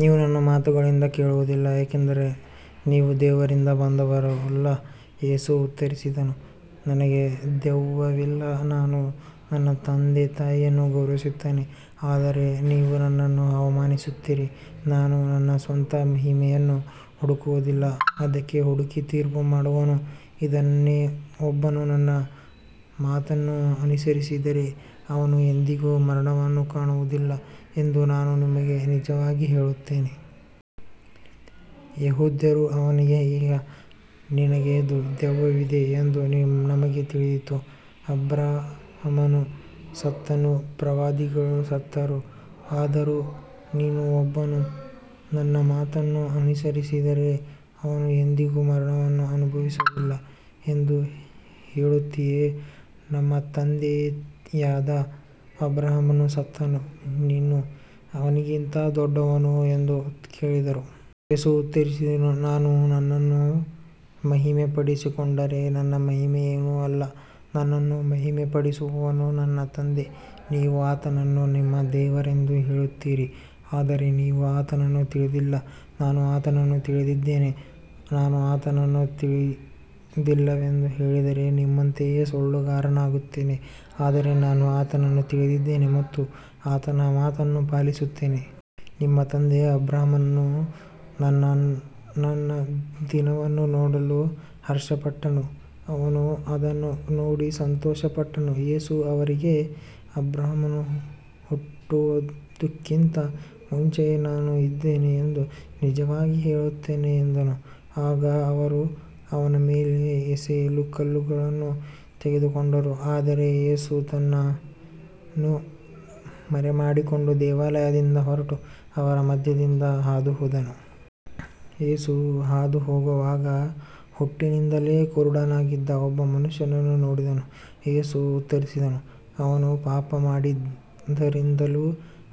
ನೀವು ನನ್ನ ಮಾತುಗಳನ್ನು ಕೇಳುವುದಿಲ್ಲ, ಏಕೆಂದರೆ ನೀವು ದೇವರಿಂದ ಬಂದವರಲ್ಲ. ಯೇಸು ಉತ್ತರಿಸಿದನು, ನನಗೆ ದೆವ್ವವಿಲ್ಲ, ನಾನು ನನ್ನ ತಂದೆಯನ್ನು ಗೌರವಿಸುತ್ತೇನೆ, ಆದರೆ ನೀವು ನನ್ನನ್ನು ಅವಮಾನಿಸುತ್ತೀರಿ. ನಾನು ನನ್ನ ಸ್ವಂತ ಮಹಿಮೆಯನ್ನು ಹುಡುಕುವುದಿಲ್ಲ, ಅದನ್ನು ಹುಡುಕಿ ತೀರ್ಪುಮಾಡುವವನು ಇದ್ದಾನೆ. ಒಬ್ಬನು ನನ್ನ ಮಾತನ್ನು ಅನುಸರಿಸಿದರೆ ಅವನು ಎಂದಿಗೂ ಮರಣವನ್ನು ಕಾಣುವುದಿಲ್ಲ ಎಂದು ನಾನು ನಿಮಗೆ ನಿಜವಾಗಿ ಹೇಳುತ್ತೇನೆ. ಯೆಹೂದ್ಯರು ಅವನಿಗೆ, ಈಗ ನಿನಗೆ ದೆವ್ವವಿದೆ ಎಂದು ನಮಗೆ ತಿಳಿಯಿತು. ಅಬ್ರಹಾಮನು ಸತ್ತನು, ಪ್ರವಾದಿಗಳೂ ಸತ್ತರು, ಆದರೂ ನೀನು, ಒಬ್ಬನು ನನ್ನ ಮಾತನ್ನು ಅನುಸರಿಸಿದರೆ ಅವನು ಎಂದಿಗೂ ಮರಣವನ್ನು ಅನುಭವಿಸುವುದಿಲ್ಲ ಎಂದು ಹೇಳುತ್ತೀಯೆ. ನಮ್ಮ ತಂದೆಯಾದ ಅಬ್ರಹಾಮನು ಸತ್ತನು, ನೀನು ಅವನಿಗಿಂತ ದೊಡ್ಡವನೋ ಎಂದು ಕೇಳಿದರು. ಯೇಸು ಉತ್ತರಿಸಿದನು, ನಾನು ನನ್ನನ್ನು ಮಹಿಮೆಪಡಿಸಿಕೊಂಡರೆ ನನ್ನ ಮಹಿಮೆ ಏನೂ ಅಲ್ಲ, ನನ್ನನ್ನು ಮಹಿಮೆಪಡಿಸುವವನು ನನ್ನ ತಂದೆ. ನೀವು ಆತನನ್ನು ನಿಮ್ಮ ದೇವರೆಂದು ಹೇಳುತ್ತೀರಿ, ಆದರೆ ನೀವು ಆತನನ್ನು ತಿಳಿದಿಲ್ಲ, ನಾನು ಆತನನ್ನು ತಿಳಿದಿದ್ದೇನೆ. ನಾನು ಆತನನ್ನು ತಿಳಿದಿಲ್ಲವೆಂದು ಹೇಳಿದರೆ ನಿಮ್ಮಂತೆಯೇ ಸುಳ್ಳುಗಾರನಾಗುತ್ತೇನೆ, ಆದರೆ ನಾನು ಆತನನ್ನು ತಿಳಿದಿದ್ದೇನೆ ಮತ್ತು ಆತನ ಮಾತನ್ನು ಪಾಲಿಸುತ್ತೇನೆ. ನಿಮ್ಮ ತಂದೆಯಾದ ಅಬ್ರಹಾಮನು ನನ್ನ ದಿನವನ್ನು ನೋಡಲು ಹರ್ಷಪಟ್ಟನು, ಅವನು ಅದನ್ನು ನೋಡಿ ಸಂತೋಷಪಟ್ಟನು. ಯೇಸು ಅವರಿಗೆ, ಅಬ್ರಹಾಮನು ಹುಟ್ಟುವುದಕ್ಕಿಂತ ಮುಂಚೆಯೇ ನಾನು ಇದ್ದೇನೆ ಎಂದು ನಿಜವಾಗಿ ಹೇಳುತ್ತೇನೆ ಎಂದನು. ಆಗ ಅವರು ಅವನ ಮೇಲೆ ಎಸೆಯಲು ಕಲ್ಲುಗಳನ್ನು ತೆಗೆದುಕೊಂಡರು, ಆದರೆ ಯೇಸು ತನ್ನನ್ನು ಮರೆಮಾಡಿಕೊಂಡು ದೇವಾಲಯದಿಂದ ಹೊರಟು ಅವರ ಮಧ್ಯದಿಂದ ಹಾದುಹೋದನು. ಯೇಸು ಹಾದುಹೋಗುವಾಗ ಹುಟ್ಟಿನಿಂದಲೇ ಕುರುಡನಾಗಿದ್ದ ಒಬ್ಬ ಮನುಷ್ಯನನ್ನು ನೋಡಿದನು. ಯೇಸು ಉತ್ತರಿಸಿದನು, ಅವನು ಪಾಪಮಾಡಿದ್ದರಿಂದಲೂ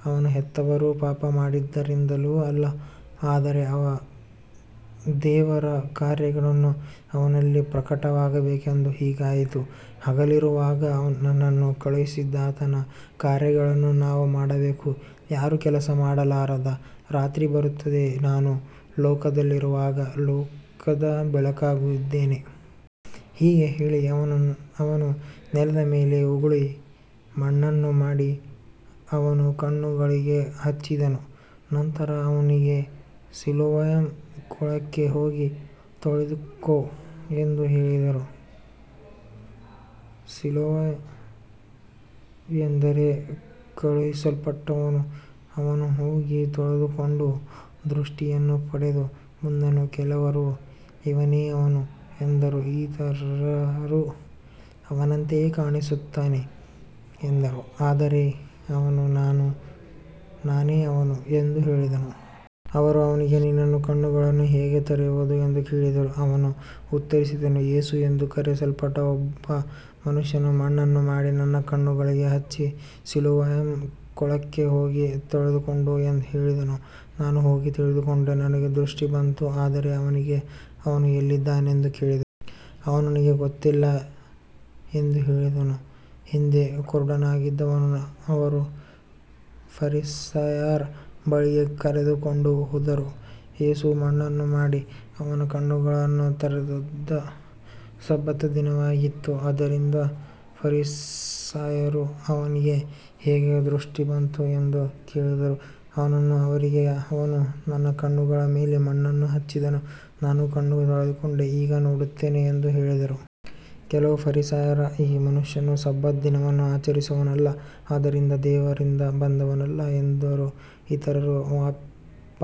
ಅವನ ಹೆತ್ತವರು ಪಾಪಮಾಡಿದ್ದರಿಂದಲೂ ಅಲ್ಲ, ಆದರೆ ದೇವರ ಕಾರ್ಯಗಳು ಅವನಲ್ಲಿ ಪ್ರಕಟವಾಗಬೇಕೆಂದು ಹೀಗಾಯಿತು. ಹಗಲಿರುವಾಗ ನನ್ನನ್ನು ಕಳುಹಿಸಿದಾತನ ಕಾರ್ಯಗಳನ್ನು ನಾವು ಮಾಡಬೇಕು, ಯಾರೂ ಕೆಲಸಮಾಡಲಾರದ ರಾತ್ರಿ ಬರುತ್ತದೆ. ನಾನು ಲೋಕದಲ್ಲಿರುವಾಗ ಲೋಕದ ಬೆಳಕಾಗಿದ್ದೇನೆ. ಹೀಗೆ ಹೇಳಿ ಅವನು ನೆಲದ ಮೇಲೆ ಉಗುಳಿ, ಮಣ್ಣನ್ನು ಮಾಡಿ ಅವನ ಕಣ್ಣುಗಳಿಗೆ ಹಚ್ಚಿದನು. ನಂತರ ಅವನಿಗೆ, ಸಿಲೋವಾಮ್ ಕೊಳಕ್ಕೆ ಹೋಗಿ ತೊಳೆದುಕೋ ಎಂದು ಹೇಳಿದನು. ಸಿಲೋವಾಮ್ ಎಂದರೆ ಕಳುಹಿಸಲ್ಪಟ್ಟವನು. ಅವನು ಹೋಗಿ ತೊಳೆದುಕೊಂಡು ದೃಷ್ಟಿಯನ್ನು ಪಡೆದು ಬಂದನು. ಕೆಲವರು, ಇವನೇ ಅವನು ಎಂದರು, ಇತರರು, ಅವನಂತೆಯೇ ಕಾಣುತ್ತಾನೆ ಎಂದರು, ಆದರೆ ಅವನು, ನಾನೇ ಅವನು ಎಂದು ಹೇಳಿದನು. ಅವರು ಅವನಿಗೆ, ನಿನ್ನ ಕಣ್ಣುಗಳು ಹೇಗೆ ತೆರೆದವು ಎಂದು ಕೇಳಿದರು. ಅವನು ಉತ್ತರಿಸಿದನು, ಯೇಸು ಎಂದು ಕರೆಯಲ್ಪಡುವ ಒಬ್ಬ ಮನುಷ್ಯನು ಮಣ್ಣನ್ನು ಮಾಡಿ ನನ್ನ ಕಣ್ಣುಗಳಿಗೆ ಹಚ್ಚಿ, ಸಿಲೋವಾಮ್ ಕೊಳಕ್ಕೆ ಹೋಗಿ ತೊಳೆದುಕೋ ಎಂದು ಹೇಳಿದನು. ನಾನು ಹೋಗಿ ತೊಳೆದುಕೊಂಡೆ, ನನಗೆ ದೃಷ್ಟಿ ಬಂತು. ಅವರು ಅವನಿಗೆ, ಅವನು ಎಲ್ಲಿದ್ದಾನೆ ಎಂದು ಕೇಳಿದರು. ಅವನು, ನನಗೆ ಗೊತ್ತಿಲ್ಲ ಎಂದು ಹೇಳಿದನು. ಹಿಂದೆ ಕುರುಡನಾಗಿದ್ದವನನ್ನು ಅವರು ಫರಿಸಾಯರ ಬಳಿಗೆ ಕರೆದುಕೊಂಡು ಹೋದರು. ಯೇಸು ಮಣ್ಣನ್ನು ಮಾಡಿ ಅವನ ಕಣ್ಣುಗಳನ್ನು ತೆರೆದದ್ದು ಸಬ್ಬತ್ ದಿನವಾಗಿತ್ತು. ಆದ್ದರಿಂದ ಫರಿಸಾಯರೂ ಅವನಿಗೆ ಹೇಗೆ ದೃಷ್ಟಿ ಬಂತು ಎಂದು ಕೇಳಿದರು. ಅವನು ಅವರಿಗೆ, ಅವನು ನನ್ನ ಕಣ್ಣುಗಳ ಮೇಲೆ ಮಣ್ಣನ್ನು ಹಚ್ಚಿದನು, ನಾನು ತೊಳೆದುಕೊಂಡು ಈಗ ನೋಡುತ್ತೇನೆ ಎಂದು ಹೇಳಿದನು. ಕೆಲವು ಫರಿಸಾಯರು, ಈ ಮನುಷ್ಯನು ಸಬ್ಬತ್ ದಿನವನ್ನು ಆಚರಿಸುವವನಲ್ಲ, ಆದ್ದರಿಂದ ಅವನು ದೇವರಿಂದ ಬಂದವನಲ್ಲ ಎಂದರು. ಇತರರು,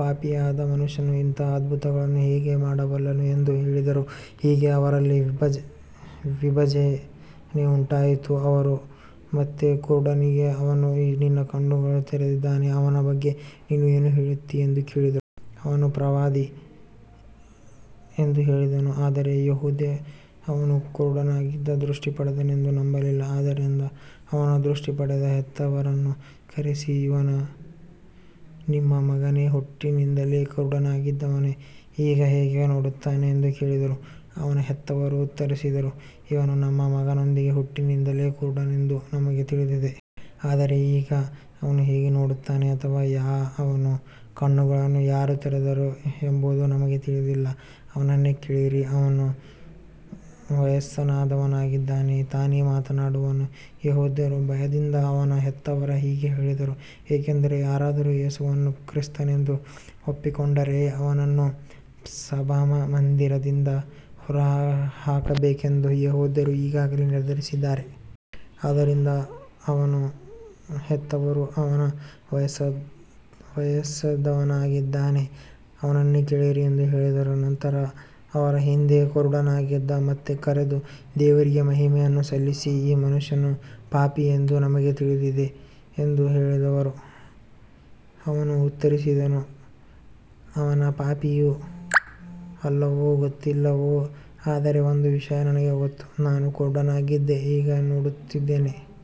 ಪಾಪಿಯಾದ ಮನುಷ್ಯನು ಇಂಥ ಅದ್ಭುತಗಳನ್ನು ಹೇಗೆ ಮಾಡಬಲ್ಲನು ಎಂದು ಹೇಳಿದರು. ಹೀಗೆ ಅವರಲ್ಲಿ ವಿಭಜನೆ ಉಂಟಾಯಿತು. ಅವರು ಮತ್ತೆ ಆ ಕುರುಡನಿಗೆ, ಅವನು ನಿನ್ನ ಕಣ್ಣುಗಳನ್ನು ತೆರೆದಿದ್ದಾನೆ, ಅವನ ಬಗ್ಗೆ ನೀನು ಏನು ಹೇಳುತ್ತೀ ಎಂದು ಕೇಳಿದರು. ಅವನು, ಅವನು ಪ್ರವಾದಿ ಎಂದು ಹೇಳಿದನು. ಆದರೆ ಯೆಹೂದ್ಯರು ಅವನು ಕುರುಡನಾಗಿದ್ದು ದೃಷ್ಟಿ ಪಡೆದನೆಂದು ನಂಬಲಿಲ್ಲ. ಆದ್ದರಿಂದ ಅವನ ದೃಷ್ಟಿ ಪಡೆದ ಹೆತ್ತವರನ್ನು ಕರೆಸಿ, ಇವನು ನಿಮ್ಮ ಮಗನೇ, ಹುಟ್ಟಿನಿಂದಲೇ ಕುರುಡನಾಗಿದ್ದವನೇ, ಈಗ ಹೇಗೆ ನೋಡುತ್ತಾನೆ ಎಂದು ಕೇಳಿದರು. ಅವನ ಹೆತ್ತವರು ಉತ್ತರಿಸಿದರು, ಇವನು ನಮ್ಮ ಮಗನೆಂದೂ ಹುಟ್ಟಿನಿಂದಲೇ ಕುರುಡನೆಂದೂ ನಮಗೆ ತಿಳಿದಿದೆ. ಆದರೆ ಈಗ ಅವನು ಹೇಗೆ ನೋಡುತ್ತಾನೆ ಅಥವಾ ಅವನ ಕಣ್ಣುಗಳನ್ನು ಯಾರು ತೆರೆದರು ಎಂಬುದು ನಮಗೆ ತಿಳಿದಿಲ್ಲ. ಅವನನ್ನೇ ಕೇಳಿರಿ, ಅವನು ವಯಸ್ಸಾದವನಾಗಿದ್ದಾನೆ, ತಾನೇ ಮಾತನಾಡುವನು. ಯೆಹೂದ್ಯರ ಭಯದಿಂದ ಅವನ ಹೆತ್ತವರು ಹೀಗೆ ಹೇಳಿದರು, ಏಕೆಂದರೆ ಯಾರಾದರೂ ಯೇಸುವನ್ನು ಕ್ರಿಸ್ತನೆಂದು ಒಪ್ಪಿಕೊಂಡರೆ ಅವನನ್ನು ಸಭಾಮಂದಿರದಿಂದ ಹೊರಹಾಕಬೇಕೆಂದು ಯೆಹೂದ್ಯರು ಈಗಾಗಲೇ ನಿರ್ಧರಿಸಿದ್ದರು. ಆದ್ದರಿಂದ ಅವನ ಹೆತ್ತವರು, ಅವನು ವಯಸ್ಸಾದವನಾಗಿದ್ದಾನೆ, ಅವನನ್ನೇ ಕೇಳಿರಿ ಎಂದು ಹೇಳಿದರು. ನಂತರ ಅವರು ಹಿಂದೆ ಕುರುಡನಾಗಿದ್ದವನನ್ನು ಮತ್ತೆ ಕರೆದು, ದೇವರಿಗೆ ಮಹಿಮೆಯನ್ನು ಸಲ್ಲಿಸು, ಈ ಮನುಷ್ಯನು ಪಾಪಿ ಎಂದು ನಮಗೆ ತಿಳಿದಿದೆ ಎಂದು ಹೇಳಿದರು. ಅವನು ಉತ್ತರಿಸಿದನು, ಅವನು ಪಾಪಿಯೋ ಅಲ್ಲವೋ ನನಗೆ ಗೊತ್ತಿಲ್ಲ, ಆದರೆ ಒಂದು ವಿಷಯ ನನಗೆ ಗೊತ್ತು, ನಾನು ಕುರುಡನಾಗಿದ್ದೆ, ಈಗ ನೋಡುತ್ತೇನೆ.